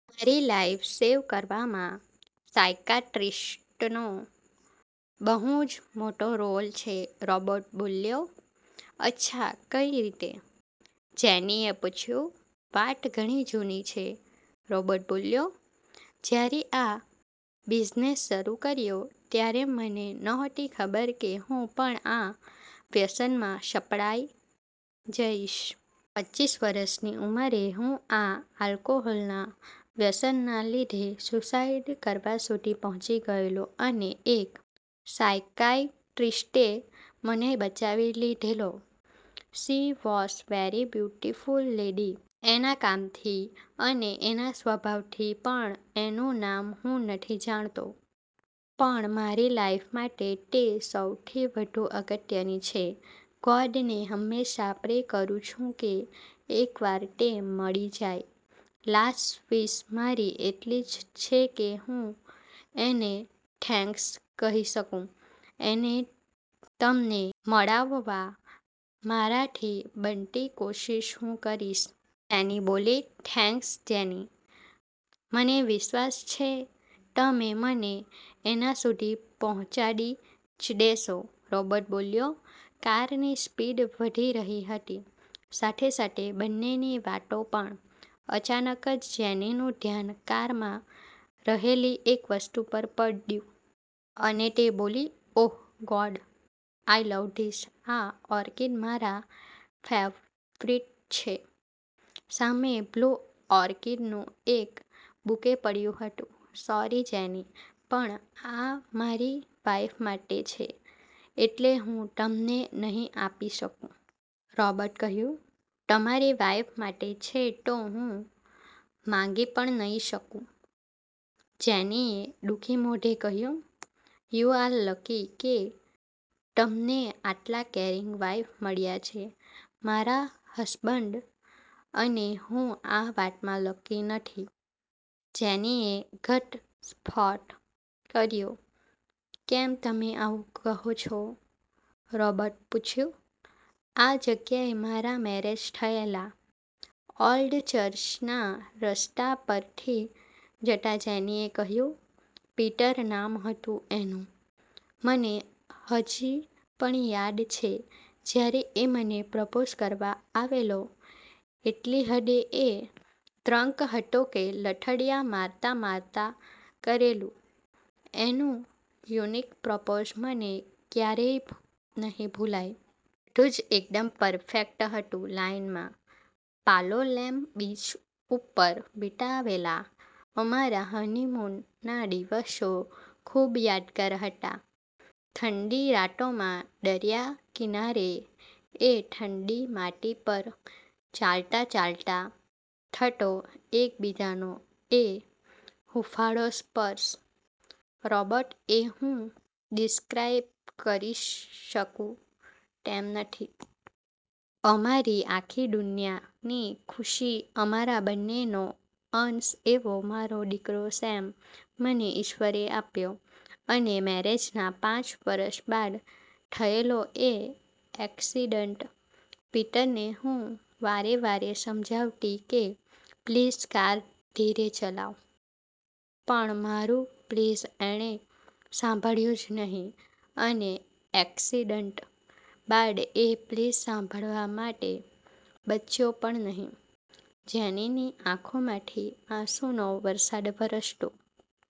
મારી life save કરવામાં સાયકાયટ્રિસ્ટનો બહુ જ મોટો રોલ છે. રૉબર્ટ બોલ્યો. "અચ્છા કઈ રીતે?" જેનીએ પૂછ્યું. "વાત ઘણી જૂની છે!" રૉબર્ટ બોલ્યો. "જ્યારે આ બિઝનેસ શરૂ કર્યો ત્યારે મને નહોતી ખબર કે હું પણ આ વ્યસનમાં સપડાઈ જઈશ. પચ્ચીસ વર્ષની ઉંમરે હું આ આલ્કોહોલના વ્યસનના લીધે સ્યુસાઇડ કરવા સુધી પહોંચી ગયેલો અને એક સાઇકાયટ્રિસ્ટે મને બચાવી લીધેલો. She was very beautiful lady. એના કામથી અને એના સ્વભાવથી, પણ એનું નામ હું નથી જાણતો. પણ મારી લાઈફ માટે તે સૌથી વધુ અગત્યની છે. ગોડને હંમેશા પ્રે કરૂ છુ કે એક વાર તે મળી જાય. લાસ્ટ વિશ મારી એટલીજ છે કે હું એને થેન્ક્સ કહી શકુ." "એને તમને મળાવવા મારાથી બનતી કોશિશ હું કરીશ." જેની બોલી. "થેન્ક્સ જેની, મને વિશ્વાસ છે તમે મને એના સુધી પહોંચાડી જ દેશો." રૉબર્ટ બોલ્યો. કારની સ્પીડ વધી રહી હતી, સાથે-સાથે બંનેની વાતો પણ. અચાનક જ જેનીનું ધ્યાન કારમાં રહેલી એક વસ્તુ પર પડ્યું. અને તે બોલી, "oh God, I love this. આ ઓર્કિડ મારા ફેવરિટ છે." સામે બ્લૂ ઓર્કિડનું એક બુકે પડ્યું હતું. "સોરી જેની, પણ આ મારી વાઇફ માટે છે, એટલે હું તમને નહીં આપી શકુ." રૉબર્ટે કહ્યું. "તમારી વાઇફ માટે છે તો હું માંગી પણ નઈ શકું!" જેનીએ દુઃખી મોઢે કહ્યું, "યુ આર લકી કે તમને આટલા કેરિંગ વાઈફ મળ્યા છે. મારા હસબન્ડ અને હું આ વાતમાં લકી નથી!" જેની એ ઘટસ્ફોટ કર્યો. "કેમ તમે આવું કહો છો?" રૉબર્ટે પૂછ્યું. "આ જગ્યાએ મારા મેરેજ થયેલા." ઓલ્ડ ચર્ચના રસ્તા પરથી જતા જેનીએ કહ્યું. "પીટર નામ હતું એનું. મને હજી પણ યાદ છે જ્યારે એ મને પ્રપોઝ કરવા આવેલો, એટલી હદે એ ડ્રન્ક હતો કે લથડીયા મારતા-મારતા કરેલું, એનું યુનિક પ્રપોસ મને ક્યારેય નહીં ભુલાય. બધું જ એકદમ પરફેક્ટ હતું લાઇફમાં. પાલોલેમ બિચ ઉપર વિતાવેલા અમારા 'હનીમૂન' ના દિવસો ખૂબ યાદગાર હતા. ઠંડી રાતોમાં દરિયાકિનારે એ ઠંડી માટી પર ચાલતા-ચાલતા થતો એકબીજાનો એ હૂંફાળો સ્પર્શ રૉબર્ટ એ હું ડિસ્ક્રાઈબ કરી શકુ તેમ નથી. અમારી આખી દુનિયાની ખુસી, અમારા બંનેનો અંશ એવો મારો દિકરો સેમ મને ઈશ્વરે આપ્યો. અને મેરેજના પાંચ વર્ષ બાદ થયેલો એ એકસીડન્ટ! પીટરને હું વારે-વારે સમજાવતી કે, પ્લીઝ કાર ધીરે ચલાવ. પણ મારુ પ્લીઝ એણે સાંભળ્યું જ નહીં, અને એક્સિડન્ટ બાદ એ પ્લીઝ સાંભળવા માટે બચ્યો પણ નહીં." જેનીની આંખોમાંથી આંસુનો વરસાદ વરસતો